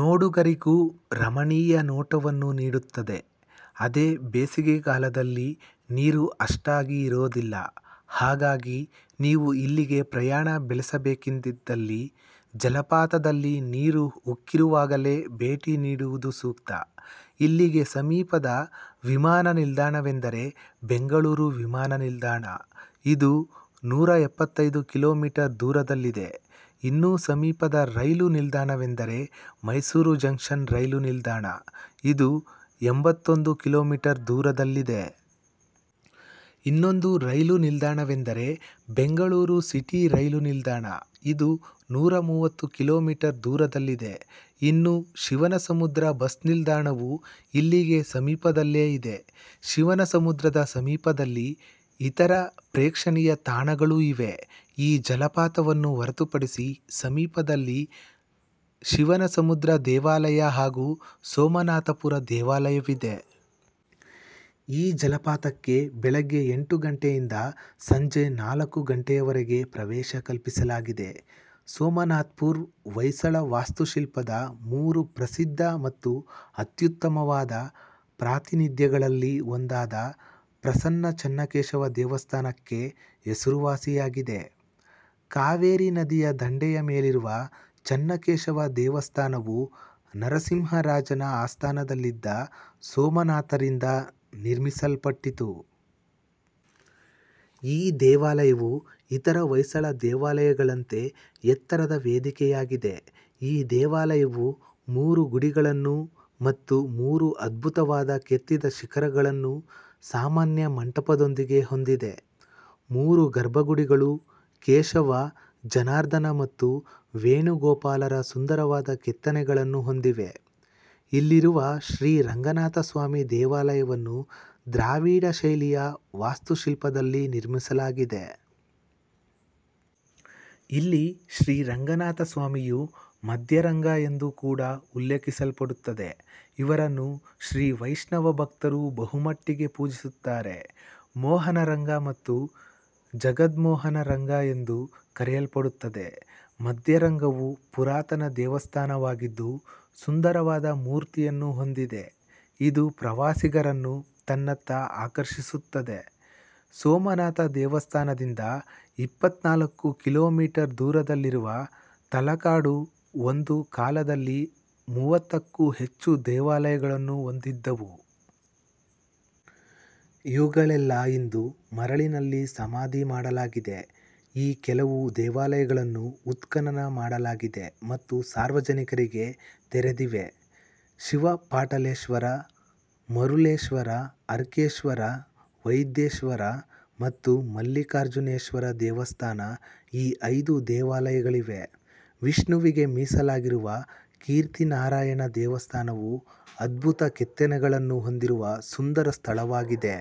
ನೋಡುಗರಿಗೂ ರಮಣೀಯ ನೋಟವನ್ನು ನೀಡುತ್ತದೆ. ಅದೇ ಬೇಸಿಗೆಗಾಲದಲ್ಲಿ ನೀರು ಅಷ್ಟಾಗಿ ಇರೋದಿಲ್ಲ. ಹಾಗಾಗಿ ನೀವು ಇಲ್ಲಿಗೆ ಪ್ರಯಾಣ ಬೆಳೆಸಬೇಕೆಂದಿದ್ದಲ್ಲಿ ಜಲಪಾತದಲ್ಲಿ ನೀರು ಉಕ್ಕಿರುವಾಗಲೇ ಭೇಟಿ ನೀಡುವುದು ಸೂಕ್ತ. ಇಲ್ಲಿಗೆ ಸಮೀಪದ ವಿಮಾನ ನಿಲ್ದಾಣವೆಂದರೆ ಬೆಂಗಳೂರು ವಿಮಾನ ನಿಲ್ದಾಣ. ಇದು ನೂರ ಎಪ್ಪತ್ತೈದು ಕಿಲೋಮೀಟರ್ ದೂರದಲ್ಲಿದೆ. ಇನ್ನು ಸಮೀಪದ ರೈಲು ನಿಲ್ದಾಣವೆಂದರೆ ಮೈಸೂರು ಜಂಕ್ಷನ್ ರೈಲು ನಿಲ್ದಾಣ ಇದು ಎಂಬತ್ತೊಂದು ಕಿಲೋಮೀಟರ್ ದೂರದಲ್ಲಿದೆ. ಇನ್ನೊಂದು ರೈಲು ನಿಲ್ದಾಣವೆಂದರೆ ಬೆಂಗಳೂರು ಸಿಟಿ ರೈಲು ನಿಲ್ದಾಣ ಇದು ನೂರ ಮೂವತ್ತು ಕಿಲೋಮೀಟರ್ ದೂರದಲ್ಲಿದೆ. ಇನ್ನು ಶಿವನಸಮುದ್ರ ಬಸ್ ನಿಲ್ದಾಣವು ಇಲ್ಲಿಗೆ ಸಮೀಪದಲ್ಲೇ ಇದೆ. ಶಿವನಸಮುದ್ರದ ಸಮೀಪದಲ್ಲಿ ಇತರ ಪ್ರೇಕ್ಷಣೀಯ ತಾಣಗಳೂ ಇವೆ. ಈ ಜಲಪಾತವನ್ನು ಹೊರತುಪಡಿಸಿ ಸಮೀಪದಲ್ಲಿ ಶಿವನಸಮುದ್ರ ದೇವಾಲಯ ಹಾಗೂ ಸೋಮನಾಥಪುರ ದೇವಾಲಯವಿದೆ. ಈ ಜಲಪಾತಕ್ಕೆ ಬೆಳಗ್ಗೆ ಎಂಟು ಗಂಟೆಯಿಂದ ಸಂಜೆ ನಾಲ್ಕು ಗಂಟೆಯವರೆಗೆ ಪ್ರವೇಶ ಕಲ್ಪಿಸಲಾಗಿದೆ. ಸೋಮನಾಥ್ಪುರ್ ಹೊಯ್ಸಳ ವಾಸ್ತುಶಿಲ್ಪದ ಮೂರು ಪ್ರಸಿದ್ಧ ಮತ್ತು ಅತ್ಯುತ್ತಮವಾದ ಪ್ರಾತಿನಿಧ್ಯಗಳಲ್ಲಿ ಒಂದಾದ ಪ್ರಸನ್ನ ಚೆನ್ನಕೇಶವ ದೇವಸ್ಥಾನಕ್ಕೆ ಹೆಸರುವಾಸಿಯಾಗಿದೆ. ಕಾವೇರಿ ನದಿಯ ದಂಡೆಯ ಮೇಲಿರುವ ಚೆನ್ನಕೇಶವ ದೇವಸ್ಥಾನವು ನರಸಿಂಹ ರಾಜನ ಆಸ್ಥಾನದಲ್ಲಿದ್ದ ಸೋಮನಾಥರಿಂದ ನಿರ್ಮಿಸಲ್ಪಟ್ಟಿತು. ಈ ದೇವಾಲಯವು ಇತರ ಹೊಯ್ಸಳ ದೇವಾಲಯಗಳಂತೆ ಎತ್ತರದ ವೇದಿಕೆಯಾಗಿದೆ. ಈ ದೇವಾಲಯವು ಮೂರು ಗುಡಿಗಳನ್ನು ಮತ್ತು ಮೂರು ಅದ್ಭುತವಾದ ಕೆತ್ತಿದ ಶಿಖರಗಳನ್ನು ಸಾಮಾನ್ಯ ಮಂಟಪದೊಂದಿಗೆ ಹೊಂದಿದೆ. ಮೂರು ಗರ್ಭಗುಡಿಗಳು ಕೇಶವ, ಜನಾರ್ಧನ ಮತ್ತು ವೇಣುಗೋಪಾಲರ ಸುಂದರವಾದ ಕೆತ್ತನೆಗಳನ್ನು ಹೊಂದಿವೆ. ಇಲ್ಲಿರುವ ಶ್ರೀ ರಂಗನಾಥಸ್ವಾಮಿ ದೇವಾಲಯವನ್ನು ದ್ರಾವಿಡ ಶೈಲಿಯ ವಾಸ್ತುಶಿಲ್ಪದಲ್ಲಿ ನಿರ್ಮಿಸಲಾಗಿದೆ. ಇಲ್ಲಿ ಶ್ರೀ ರಂಗನಾಥಸ್ವಾಮಿಯು "ಮಧ್ಯ ರಂಗ" ಎಂದು ಕೂಡ ಉಲ್ಲೇಖಿಸಲ್ಪಡುತ್ತದೆ. ಇವರನ್ನು ಶ್ರೀ ವೈಷ್ಣವ ಭಕ್ತರು ಬಹುಮಟ್ಟಿಗೆ ಪೂಜಿಸುತ್ತಾರೆ. ಮೋಹನ ರಂಗ ಮತ್ತು ಜಗದ್ಮೋಹನ ರಂಗ ಎಂದು ಕರೆಯಲ್ಪಡುತ್ತದೆ. ಮಧ್ಯ ರಂಗವು ಪುರಾತನ ದೇವಸ್ಥಾನವಾಗಿದ್ದು ಸುಂದರವಾದ ಮೂರ್ತಿಯನ್ನು ಹೊಂದಿದೆ. ಇದು ಪ್ರವಾಸಿಗರನ್ನು ತನ್ನತ್ತ ಆಕರ್ಷಿಸುತ್ತದೆ. ಸೋಮನಾಥ ದೇವಸ್ಥಾನದಿಂದ ಇಪ್ಪತ್ನಾಲ್ಕು ಕಿಲೋಮೀಟರ್ ದೂರದಲ್ಲಿರುವ ತಲಕಾಡು ಒಂದು ಕಾಲದಲ್ಲಿ ಮೂವತ್ತಕ್ಕೂ ಹೆಚ್ಚು ದೇವಾಲಯಗಳನ್ನು ಹೊಂದಿದ್ದವು. ಇವುಗಳೆಲ್ಲಾ ಇಂದು ಮರಳಿನಲ್ಲಿ ಸಮಾಧಿ ಮಾಡಲಾಗಿದೆ. ಈ ಕೆಲವು ದೇವಾಲಯಗಳನ್ನು ಉತ್ಖನನ ಮಾಡಲಾಗಿದೆ ಮತ್ತು ಸಾರ್ವಜನಿಕರಿಗೆ ತೆರೆದಿವೆ. ಶಿವ ಪಾಠಲೇಶ್ವರ, ಮರೂಲೆಶ್ವರ, ಅರ್ಕೇಶ್ವರ, ವೈದೇಶ್ವರ ಮತ್ತು ಮಲ್ಲಿಕಾರ್ಜುನೇಶ್ವರ ದೇವಸ್ಥಾನ ಈ ಐದು ದೇವಾಲಯಗಳಿವೆ. ವಿಷ್ಣುವಿಗೆ ಮೀಸಲಾಗಿರುವ ಕೀರ್ತಿನಾರಾಯಣ ದೇವಸ್ಥಾನವು ಅದ್ಭುತ ಕೆತ್ತನೆಗಳನ್ನು ಹೊಂದಿರುವ ಸುಂದರ ಸ್ಥಳವಾಗಿದೆ.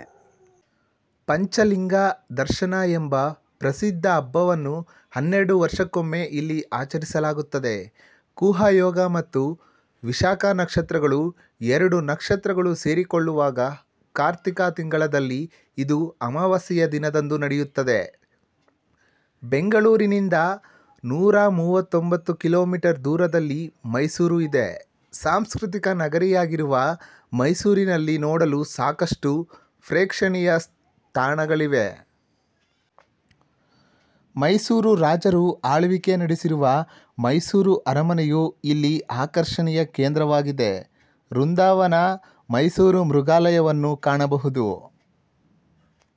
ಪಂಚ ಲಿಂಗ ದರ್ಶನ ಎಂಬ ಪ್ರಸಿದ್ಧ ಹಬ್ಬವನ್ನು ಹನ್ನೆರಡು ವರ್ಷಕ್ಕೊಮ್ಮೆ ಇಲ್ಲಿ ಆಚರಿಸಲಾಗುತ್ತದೆ. ಖುಹಾ ಯೋಗ ಮತ್ತು ವಿಶಾಕ ನಕ್ಷತ್ರಗಳು ಎರಡು ನಕ್ಷತ್ರಗಳು ಸೇರಿಕೊಳ್ಳುವಾಗ ಕಾರ್ತಿಕಾ ತಿಂಗಳಲ್ಲಿ ಇದು ಅಮಾವಾಸ್ಯೆಯ ದಿನದಂದು ನಡೆಯುತ್ತದೆ. ಬೆಂಗಳೂರಿನಿಂದ ನೂರ ಮೂವತ್ತೊಂಬತ್ತು ಕಿಲೋಮೀಟರ್ ದೂರದಲ್ಲಿ ಮೈಸೂರು ಇದೆ. ಸಾಂಸ್ಖೃತಿಕ ನಗರಿಯಾಗಿರುವ ಮೈಸೂರಿನಲ್ಲಿ ನೋಡಲು ಸಾಕಷ್ಟು ಪ್ರೇಕ್ಷಣೀಯ ತಾಣಗಳಿವೆ. ಮೈಸೂರು ರಾಜರು ಆಳ್ವಿಕೆ ನಡೆಸಿರುವ ಮೈಸೂರು ಅರಮನೆಯು ಇಲ್ಲಿನ ಆಕರ್ಷಣೆಯ ಕೇಂದ್ರವಾಗಿದೆ. ವೃಂದಾವನ, ಮೈಸೂರು ಮೃಗಾಲಯವನ್ನು ಕಾಣಬಹುದು.